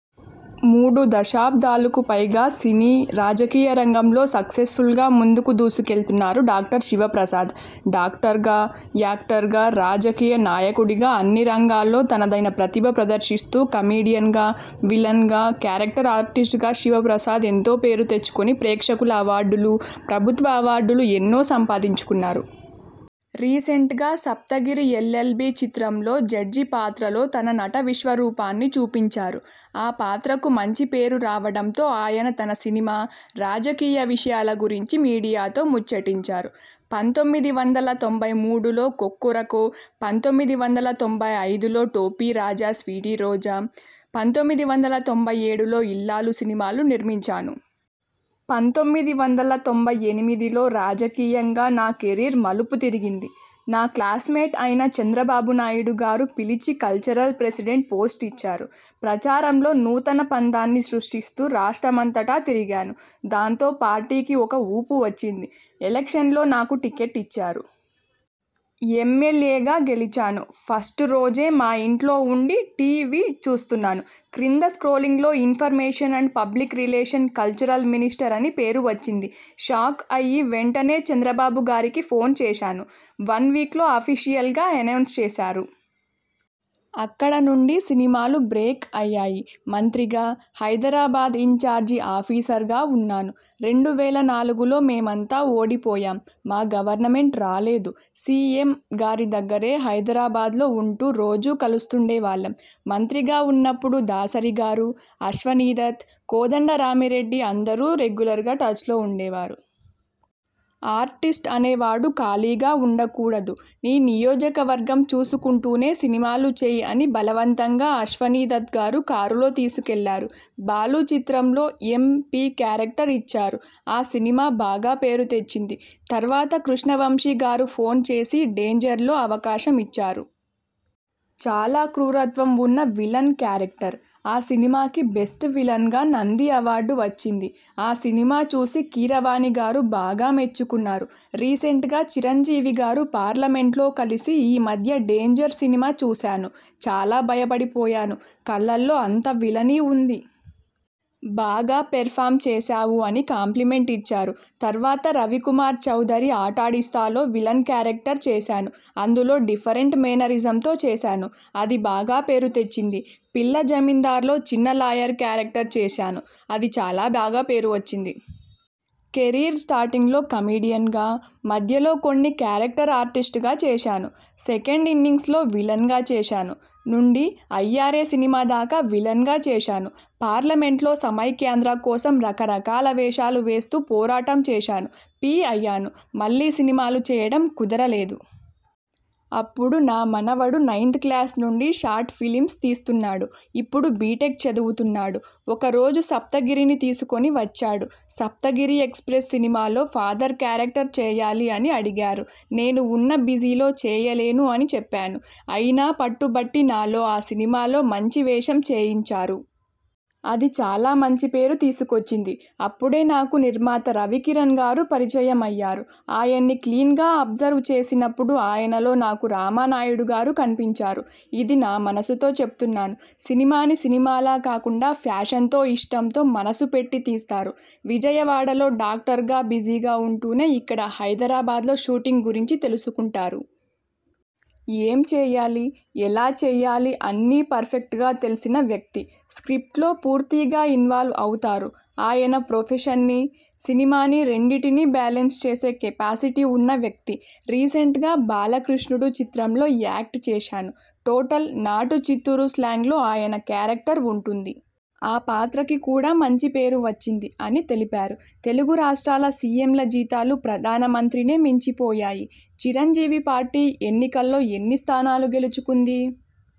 మూడు దశాబ్దాలుకు పైగా సినీ, రాజకీయ రంగంలో సక్సెస్ఫుల్గా ముందుకు దూసుకెళ్తున్నారు డా. శివప్రసాద్. డాక్టర్గా, యాక్టర్గా, రాజకీయ నాయకుడిగా అన్నీ రంగాల్లో తనదైన ప్రతిభ ప్రదర్శిస్తూ, కమెడియన్గా, విలన్గా, క్యారెక్టర్ ఆర్టిస్ట్గా శివ ప్రసాద్ ఎంతో పేరు తెచ్చుకుని ప్రేక్షకుల అవార్డులు, ప్రభుత్వ అవార్డులు ఎన్నో సంపాదించుకున్నారు. రీసెంట్గా 'సప్తగిరి ఎల్. ఎల్. బి' చిత్రంలో జడ్జి పాత్రలో తన నట విశ్వరూపాన్ని చూపించారు. ఆ పాత్రకు మంచి పేరు రావడంతో ఆయన తన సినిమా, రాజకీయ విషయాల గురించి మీడియాతో ముచ్చటించారు. పంతొమ్మిది వందల తొంభై మూడులో 'కొక్కొరకో', పంతొమ్మిది వందల తొంభై ఐదులో 'టోపీ రాజా స్వీటీ రోజా', పంతొమ్మిది వందల తొంభై ఏడులో 'ఇల్లాలు' సినిమాలు నిర్మించాను. పంతొమ్మిది వందల తొంభై ఎనిమిదిలో రాజకీయంగా నా కెరీర్ మలుపు తిరిగింది. నా క్లాస్మేట్ అయిన చంద్రబాబు నాయుడు గారు పిలిచి కల్చరల్ ప్రెసిడెంట్ పోస్ట్ ఇచ్చారు. ప్రచారంలో నూతన పంధాని సృష్టిస్తూ రాష్ట్ర మంతటా తిరిగాను. దాంతో పార్టీకి ఒక ఊపు వచ్చింది. ఎలక్షన్స్లో నాకు టిక్కెట్ ఇచ్చారు. ఎమ్మెల్యేగా గెలిచాను. ఫస్ట్ రోజే మా ఇంట్లో వుండి టీ. వి చూస్తున్నాను. క్రింద స్క్రోలింగ్లో information and public relation cultural minister అని పేరు వచ్చింది. షాక్ అయి వెంటనే చంద్రబాబు గారికి ఫోన్ చేశాను. వన్ వీక్లో అఫీషియల్గా ఎనౌన్స్ చేశారు. అక్కడ నుండి సినిమాలు బ్రేక్ అయ్యాయి. మంత్రిగా, హైదరాబాద్ ఇంఛార్జి ఆఫీసర్గా వున్నాను. రెండు వేల నాలుగులో మేమంతా ఓడిపోయాం. మా గవర్నమెంట్ రాలేదు. సి. ఎం. గారి దగ్గరే హైదరాబాద్లో ఉంటూ రోజూ కలుస్తుండే వాళ్ళం. మంత్రిగా ఉన్నప్పుడు దాసరి గారు, అశ్వనీదత్, కోదండ రామిరెడ్డి అందరూ రెగ్యులర్గా టచ్లో వుండే వారు. ఆర్టిస్ట్ అనేవాడు ఖాళీగా వుండ కూడదు. నీ నియోజకవర్గం చూసుకుంటూనే సినిమాలు చెయ్ అని బలవంతంగా అశ్వనీదత్గారు కారులో తీసుకెళ్ళారు. 'బాలు' చిత్రంలో ఎం. పి. క్యారెక్టర్ ఇచ్చారు. ఆ సినిమా బాగా పేరు తెచ్చింది. తర్వాత కృష్ణవంశీ గారు ఫోన్ చేసి 'డేంజర్'లో అవకాశం ఇచ్చారు. చాలా క్రూరత్వం వున్న విలన్ క్యారెక్టర్. ఆ సినిమాకి బెస్ట్ విలన్గా నంది అవార్డు వచ్చింది. ఆ సినిమా చూసి కీరవాణి గారు బాగా మెచ్చుకున్నారు. రీసెంట్గా చిరంజీవి గారు పార్లమెంట్లో కలిసి ఈ మధ్య 'డేంజర్' సినిమా చూశాను. చాలా భయపడి పోయాను. కళ్ళలో అంత విలనీ వుంది. బాగా పెర్ఫార్మ్ చేశావు అని కాంప్లిమెంట్ ఇచ్చారు. తర్వాత రవికుమార్ చౌదరి 'ఆటాడిస్తా'లో విలన్ క్యారెక్టర్ చేశాను. అందులో డిఫరెంట్ మేనరిజం తో చేశాను. అది బాగా పేరు తెచ్చింది. 'పిల్ల జమీందార్'లో చిన్న లాయర్ క్యారెక్టర్ చేశాను. అది చాలా బాగా పేరు వచ్చింది. కెరీర్ స్టార్టింగ్లో కమెడియన్గా, మధ్యలో కొన్ని క్యారెక్టర్ ఆర్టిస్ట్గా చేశాను. సెకండ్ ఇన్నింగ్స్లో విలన్గా చేశాను. నుండి 'అయ్యారే' సినిమా దాకా విలన్గా చేశాను. పార్లమెంట్లో సమైఖ్యాంధ్ర కోసం రకరకాల వేషాలు వేస్తూ పోరాటం చేశాను. పీ అయ్యాను. మళ్ళీ సినిమాలు చేయడం కుదర లేదు. అప్పుడు నా మనవడు నైన్త్ క్లాస్ నుండి షార్ట్ ఫిలింస్ తీస్తున్నాడు. ఇప్పుడు బిటెక్ చదువుతున్నాడు. ఒకరోజు సప్తగిరిని తీసుకొని వచ్చాడు. 'సప్తగిరి ఎక్స్ప్రెస్' సినిమాలో ఫాదర్ క్యారెక్టర్ చేయాలి అని అడిగారు. నేను వున్న బిజీలో చేయలేను అని చెప్పాను. అయినా పట్టు బట్టి నాలో ఆ సినిమాలో మంచి వేషం చేయించారు. అది చాలా మంచి పేరు తీసుకొచ్చింది. అప్పుడే నాకు నిర్మాత రవికిరణ్గారు పరిచయం అయ్యారు. ఆయన్ని క్లీన్గా అబ్జర్వ్ చేసినప్పుడు ఆయనలో నాకు రామానాయుడు గారు కన్పించారు. ఇది నా మనసుతో చెప్తున్నాను. సినిమాని సినిమాలా కాకుండా ప్యాషన్తో ఇష్టంతో మనసు పెట్టి తీస్తారు. విజయవాడ లో డాక్టర్గా బిజీగా వుంటూనే ఇక్కడ హైదరాబాద్లో షూటింగ్ గురించి తెలుసుకుంటారు. ఏం చెయ్యాలి? ఎలా చెయ్యాలి అన్నీ పర్ఫెక్ట్గా తెల్సిన వ్యక్తి. స్క్రిప్ట్లో పూర్తిగా ఇన్వాల్వ్ అవుతారు. ఆయన ప్రొఫెషన్ని, సినిమాని రెండింటినీ బేలెన్స్ చేసే కెపాసిటీ వున్న వ్యక్తి. రీసెంట్గా 'బాలకృష్ణుడు' చిత్రంలో యాక్ట్ చేశాను. టోటల్ నాటు చిత్తూరు స్లాంగ్లో ఆ క్యారెక్టర్ వుంటుంది. ఆ పాత్రకి కూడా మంచి పేరు వచ్చింది, అని తెలిపారు. తెలుగు రాష్ట్రాల సీఎంల జీతాలు ప్రధాన మంత్రినే మించి పోయాయి! చిరంజీవి పార్టీ ఎన్నికల్లో ఎన్ని స్థానాలు గెలుచుకుంది?